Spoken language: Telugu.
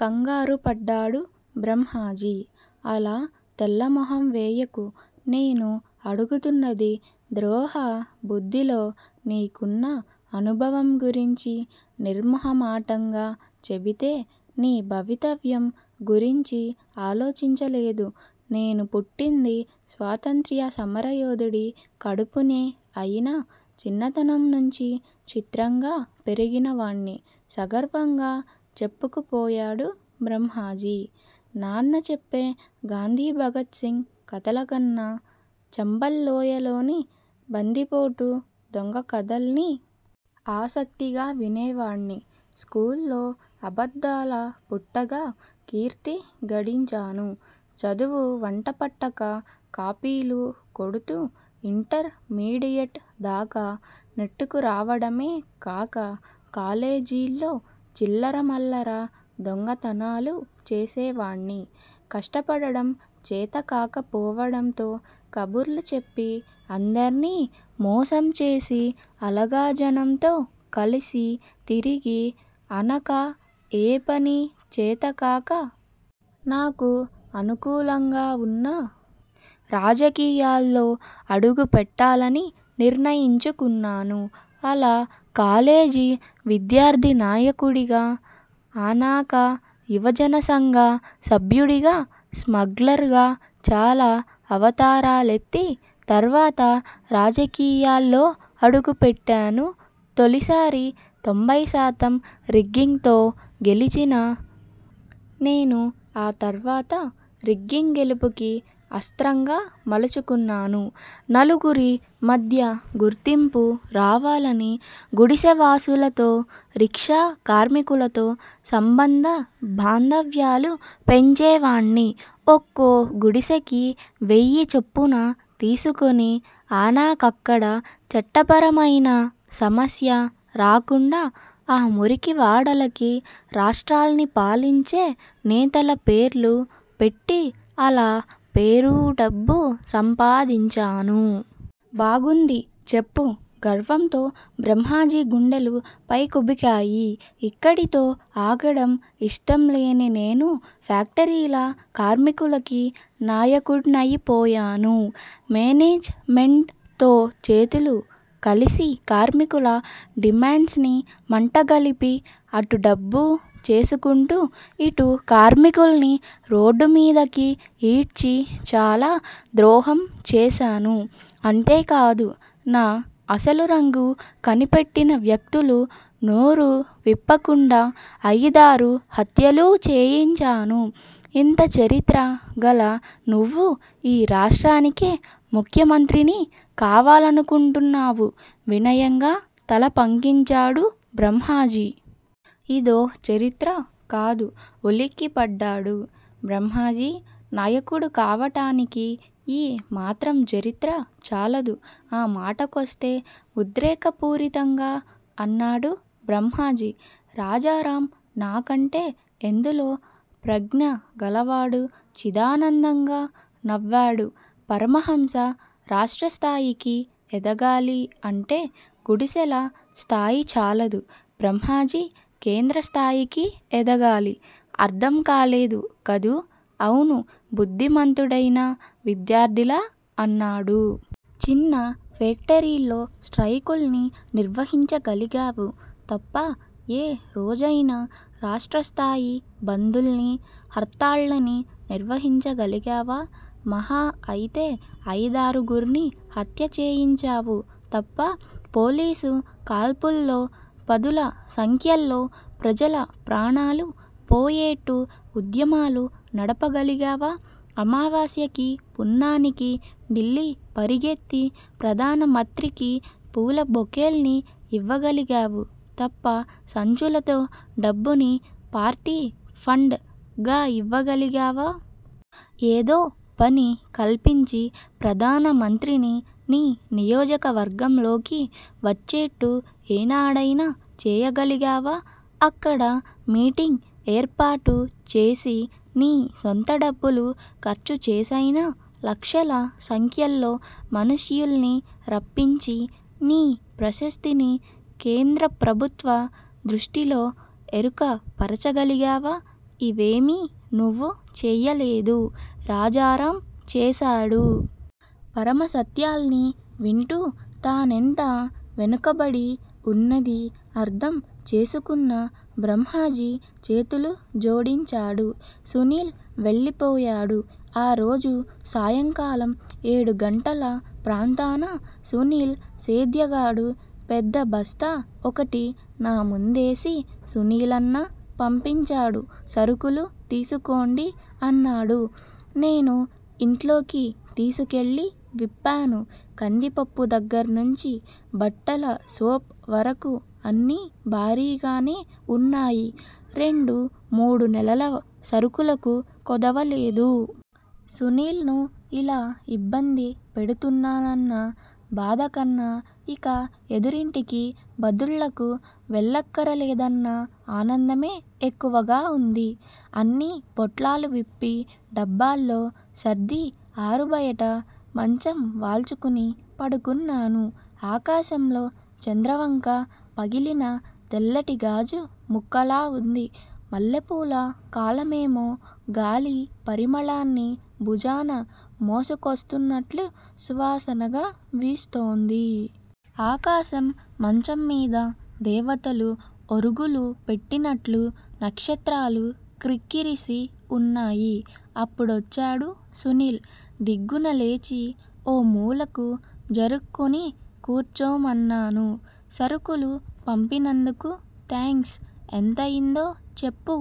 కంగారుపడ్డాడు బ్రహ్మాజీ. అలాతెల్లమొహంవేయకు నేను అడుగుతున్నది ద్రోహ బుద్దిలో నీకున్న అనుభవంగురించి నిర్మొహమాటంగాచెబితే నీభవితవ్యం గురించి ఆలోచించలేదు నేనుపుట్టింది స్వాతంత్ర్యసమరయోధుడి కడుపునే అయినా చిన్నతనంనుంచి చిత్రంగా పెరిగినవాడ్ని సగర్వంగా చెప్పుకు పోయాడు బ్రహ్మాజీ, నాన్న చెప్పే గాంధిభగత్ సింగ్ కథలకన్నా చంబల్ లోయలోని బందిపోటు దొంగలకథల్ని ఆసక్తిగా వినేవాడ్ని స్కూల్లో అబద్దాల పుట్టగా కీర్తి గడించాను చదువువంటపట్టక కాపీలు కొడుతూ ఇంటర్ మీడియెట్ దాకా నెట్టుకురావడమే కాక కాలేజీల్లో చిల్లరమల్లర దొంగతనాలూ చేసేవాడ్ని కష్టపడడం చేతకాకపోవడంతో కబుర్లు చెప్పి అందర్నీ మోసం చేసి అలగాజనంతో కలిసి తిరిగి అనక ఏ పనిచేత కాక నాకు అనుకూలంగావున్న రాజకీయాల్లో అడుగు పెట్టాలని నిర్ణయించుకున్నాను అలా కాలేజీ విద్యార్ధినాయకుడిగా ఆనక యువజనసంఘ సభ్యుడిగా స్మగ్లర్ గా చాలా అవతారాలెత్తి, తర్వాత రాజకీయాల్లో అడుగు పెట్టాను తొలిసారి తొంభైశాతం రిగ్గింగ్ తో గెలిచినా నేను ఆ తర్వాత రిగ్గింగ్ గెలుపుకి అస్త్రంగా మలచుకున్నాను, నలుగురి మధ్యగుర్తింపు రావాలని గుడిసెవాసులతో, రిక్షా కార్మికులతో సంబంధ బాంధవ్యాలు పెంచేవాడ్ని ఒక్కో గుడిసెకి వెయ్యి చొప్పున తీసుకుని ఆనకక్కడ చట్టపరమైన సమస్య రాకుండా ఆ మురికివాడలకి రాష్ట్రాల్నిపాలించే నేతలపేర్లు పెట్టి అలా పేరూడబ్బూ సంపాదించాను. బాగుంది చెప్పు గర్వంతో బ్రహ్మాజీగుండెలు పైకుబికాయి ఇక్కడితో ఆగడం యిష్టంలేనినేను ఫ్యాక్టరీల కార్మికులకి నాయకుడ్నయిపోయాను మేనేజ్ మెంట్ తో చేతులు కలిసికార్మికుల డిమాండ్స్ ని మంటగలిపి అటుడబ్బు చేసుకుంటూ ఇటు కార్మికుల్ని రోడ్డుమీదకి ఈడ్చి చాలా ద్రోహం చేశాను. అంతేకాదు, నా అసలు రంగు కనిపెట్టినవ్యక్తులు నోరు విప్పకుండా అయిదారు హత్యలూచేయించాను ఇంతచరిత్ర గల నువ్వు యీ రాష్ట్రానికే ముఖ్యమంత్రిని కావాలనుకుంటున్నావు వినయంగా తలపంకించాడు బ్రహ్మాజీ. ఇదోచరిత్ర కాదు ఉలికిపడ్డాడు బ్రహ్మాజీ నాయకుడుకావటానికి యీ మాత్రంచరిత్ర చాలదు, ఆమాటకొస్తే ఉద్రేకపూరితంగా అన్నాడు బ్రహ్మాజీ రాజారాం నాకంటే ఎందులో ప్రజ్ఞ గలవాడు చిదానందంగా నవ్వాడు పరమహంస రాష్ట్రస్థాయికి ఎదగాలి అంటే గుడిసెల స్థాయిచాలదు బ్రహ్మాజీ కేంద్రస్థాయికి ఎదగాలి. అర్ధం కాలేదు కదూ అవును బుద్దిమంతుడైన విద్యార్ధిలా అన్నాడు. చిన్న ఫేక్టరీల్లో స్ట్రయికుల్ని నిర్వహించగాలిగావు తప్ప ఏ రోజయినా రాష్ట్రస్థాయి బందుల్నీ, హర్తాళ్ళని నిర్వహించగలిగావా మహా అయితే అయిదారుగుర్ని హత్యచేయించావు తప్ప పోలీసు కాల్పుల్లో పదుల సంఖ్యలో ప్రజల ప్రాణాలు పోయేట్టు ఉద్యమాలు నడపగలిగావా? అమావాస్యకి పున్నానికి ఢిల్లీ పరిగెత్తి ప్రధానమత్రికి పూలబొకేల్ని యివ్వగలిగావు తప్ప సంచులతో డబ్బుని పార్టీ ఫండ్ గాయివ్వగలిగావా? ఏదో పని కల్పించి ప్రధాన మంత్రిని నీ నియోజకవర్గంలోకి వచ్చేట్టు ఏనాడైనా చేయగలిగావా అక్కడ మీటింగ్ ఏర్పాటు చేసి నీ సొంత డబ్బులు ఖర్చుచేసైనా లక్షల సంఖ్యలో మనుష్యుల్ని రప్పించి నీ ప్రశస్తిని కేంద్రప్రభుత్వ దృష్టిలో ఎరుక పరచగలిగావా ఇవేమీ నువ్వు చెయ్యలేదు. రాజారాం చేశాడు. పరమసత్యాల్ని వింటూ తానెంత వెనుకబడి వున్నదీఅర్ధం చేసుకున్న బ్రహ్మాజీ చేతులు జోడించాడు. సునీల్ వెళ్ళిపోయాడు. ఆరోజు సాయంకాలం ఏడుగంటల ప్రాంతాన సునీల్ సేద్యగాడు పెద్దబస్తా ఒకటి నాముందేసి సునీలన్న పంపించాడు సరుకులు తీసుకోండి అన్నాడు. నేను ఇంట్లోకి తీసుకెళ్ళి విప్పాను. కందిపప్పు దగ్గర్నుంచి, బట్టల సోప్ వరకు అన్నీ భారీగానే వున్నాయి రెండు మూడు నెలల సరుకులకు కొదవలేదు. సునీల్ ను ఇలా ఇబ్బంది పెడుతున్నానన్న బాధ కన్నా ఇక ఎదురింటికి బదుళ్ళకు వెళ్ళక్కరలేదన్న ఆనందమే ఎక్కువగా వుంది. అన్ని పొట్లాలు విప్పి, డబ్బాల్లో సర్ది ఆరుబయట మంచం వాల్చుకుని పడుకున్నాను. ఆకాశంలో చంద్రవంక పగిలిన తెల్లటిగాజు ముక్కలా వుంది. మల్లెపూల కాలమేమో గాలి పరిమళాన్ని భుజాన మోసుకొస్తున్నట్లు సువాసనగా వీస్తోంది. ఆకాశం మంచంమీద దేవతలు ఒరుగులు పెట్టినట్లు నక్షత్రాలు క్రిక్కిరిసి వున్నాయి. అప్పుడొచ్చాడు సునీల్, దిగ్గునలేచి ఓమూలకు జరుక్కొని కూర్చోమన్నాను. సరుకులు పంపినందుకు థ్యాంక్స్ ఎంతయిందో చెప్పు